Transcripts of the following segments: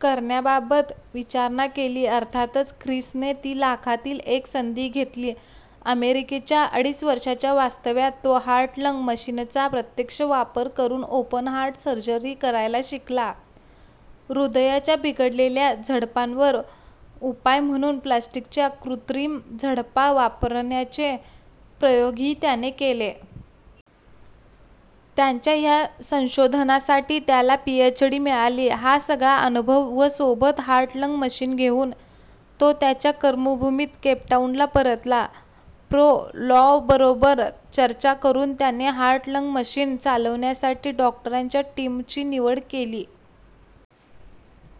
करण्याबाबत विचारणा केली. अर्थातच ख्रिसने ती लाखातील एक संधी घेतली. अमेरिकेच्या अडीच वर्षांच्या वास्तव्यात तो हार्ट-लंग मशीनचा प्रत्यक्ष वापर करून ओपनहार्ट सर्जरी करायला शिकला. हृदयाच्या बिघडलेल्या झडपांवर उपाय म्हणून प्लास्टिकच्या कृत्रिम झडपा वापरण्याचे प्रयोगही त्याने केले. त्याच्या ह्या संशोधनासाठी त्याला पीएच्. डी. मिळाली. हा सगळा अनुभव व सोबत 'हार्ट-लंग' मशीन घेऊन तो त्याच्या कर्मभूमीत, केपटाऊनला परतला. प्रो. लॉवबरोबर चर्चा करून त्यांनी हार्ट लंग मशीन चालवण्यासाठी डॉक्टरांच्या टीमची निवड केली.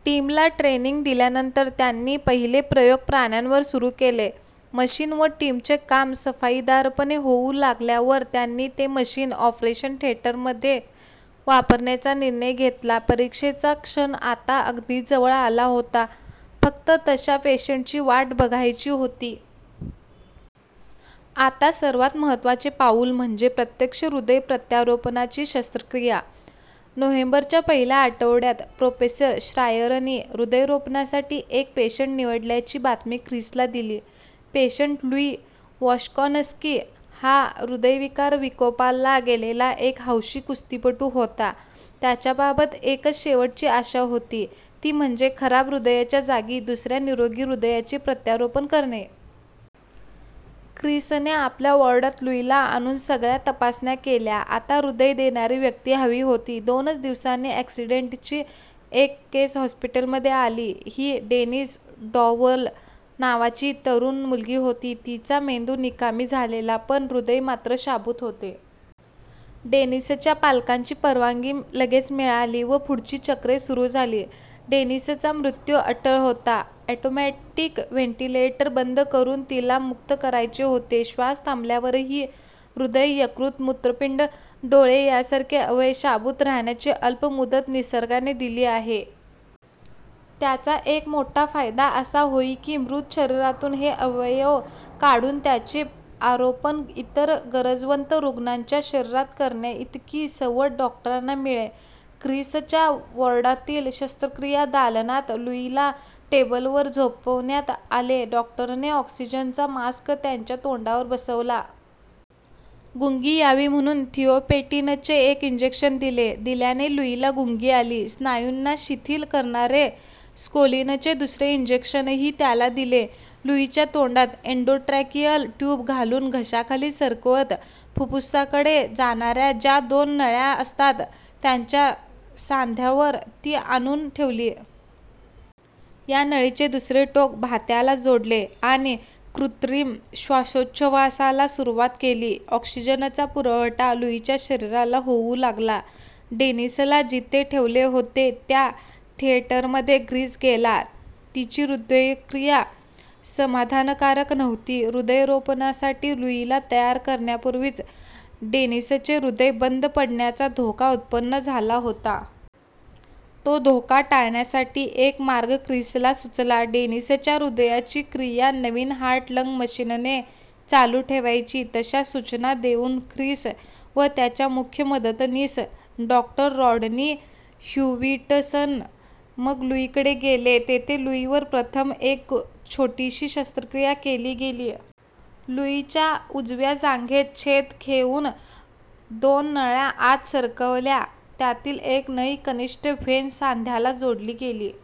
टीमला ट्रेनिंग दिल्यानंतर त्यांनी पहिले प्रयोग प्राण्यांवर सुरू केले. मशीन व टीमचे काम सफाईदारपणे होऊ लागल्यावर त्यांनी ते मशीन ऑपरेशन थिएटरमध्ये वापरण्याचा निर्णय घेतला. परीक्षेचा क्षण आता अगदी जवळ आला होता, फक्त तशा पेशंटची वाट बघायची होती. आता सर्वात महत्त्वाचे पाऊल म्हणजे प्रत्यक्ष हृदय-प्रत्यारोपणाची शस्त्रक्रिया. नोव्हेंबरच्या पहिल्या आठवड्यात प्रो. श्रायरनी हृदय-रोपणासाठी एक पेशंट निवडल्याची बातमी ख्रिसला दिली. पेशंट लुई वॉश्कान्स्की हा हृदयविकार विकोपाला गेलेला एक हौशी कुस्तीपटू होता. त्याच्याबाबत एकच शेवटची आशा होती, ती म्हणजे खराब हृदयाच्या जागी दुसऱ्या निरोगी हृदयाचे प्रत्यारोपण करणे. ख्रिसने आपल्या वॉर्डात लुईला आणून सगळ्या तपासण्या केल्या. आता हृदय देणारी व्यक्ती हवी होती. दोनच दिवसांनी अॅक्सिडेंटची एक केस हॉस्पिटलमध्ये आली. ही डेनिस डॉर्व्हाल नावाची तरुण मुलगी होती, तिचा मेंदू निकामी झालेला, पण हृदय मात्र शाबूत होते. डेनिसच्या पालकांची परवानगी लगेच मिळाली व पुढची चक्रे सुरू झाली. डेनिसचा मृत्यू अटळ होता. ऑटोमॅटिक व्हेंटिलेटर बंद करून तिला मुक्त करायचे होते. श्वास थांबल्यावरही हृदय, यकृत, मूत्रपिंड, डोळे यांसारखे अवयव शाबूत राहण्याची अल्प मुदत निसर्गाने दिली आहे. त्याचा एक मोठा फायदा असा होई की, मृत शरीरातून हे अवयव काढून त्यांचे आरोपण इतर गरजवंत रुग्णांच्या शरीरात करण्याइतकी सवड डॉक्टरांना मिळे. ख्रिसच्या वॉर्डातील शस्त्रक्रिया दालनात लुईला टेबलवर झोपवण्यात आले. डॉक्टरने ऑक्सिजनचा मास्क त्याच्या तोंडावर बसवला. गुंगी यावी म्हणून थिओपेंटिनचे एक इंजेक्शन दिले. दिल्याने लुईला गुंगी आली. स्नायूंना शिथिल करणारे स्कोलिनचे दुसरे इंजेक्शनही त्याला दिले. लुईच्या तोंडात एन्डोट्रॅकिअल ट्यूब घालून घशाखाली सरकवत फुप्फुसाकडे जाणाऱ्या ज्या दोन नळ्या असतात, त्याच्या सांध्यावर ती आणून ठेवली. या नळीचे दुसरे टोक भात्याला जोडले आणि कृत्रिम श्वासोच्छ्वासाला सुरुवात केली. ऑक्सिजनचा पुरवठा लुईच्या शरीराला होऊ लागला. डेनिसला जिथे ठेवले होते, त्या थिएटरमध्ये ख्रिस गेला. तिची हृदयक्रिया समाधानकारक नव्हती. हृदयरोपणासाठी लुईला तयार करण्यापूर्वीच डेनिसचे हृदय बंद पडण्याचा धोका उत्पन्न झाला होता. तो धोका टाळण्यासाठी एक मार्ग ख्रिसला सुचला. डेनिसच्या हृदयाची क्रिया नवीन हार्ट-लंग मशीनने चालू ठेवायची. तशा सूचना देऊन ख्रिस व त्याचा मुख्य मदतनीस डॉ. रॉडनी ह्युविटसन मग लुईकडे गेले. तेथे लुईवर प्रथम एक छोटीशी शस्त्रक्रिया केली गेली. लुईच्या उजव्या जांघेत छेद घेऊन दोन नळ्या आत सरकवल्या. त्यातील एक नळी, कनिष्ठ व्हेन सांध्याला जोडली गेली.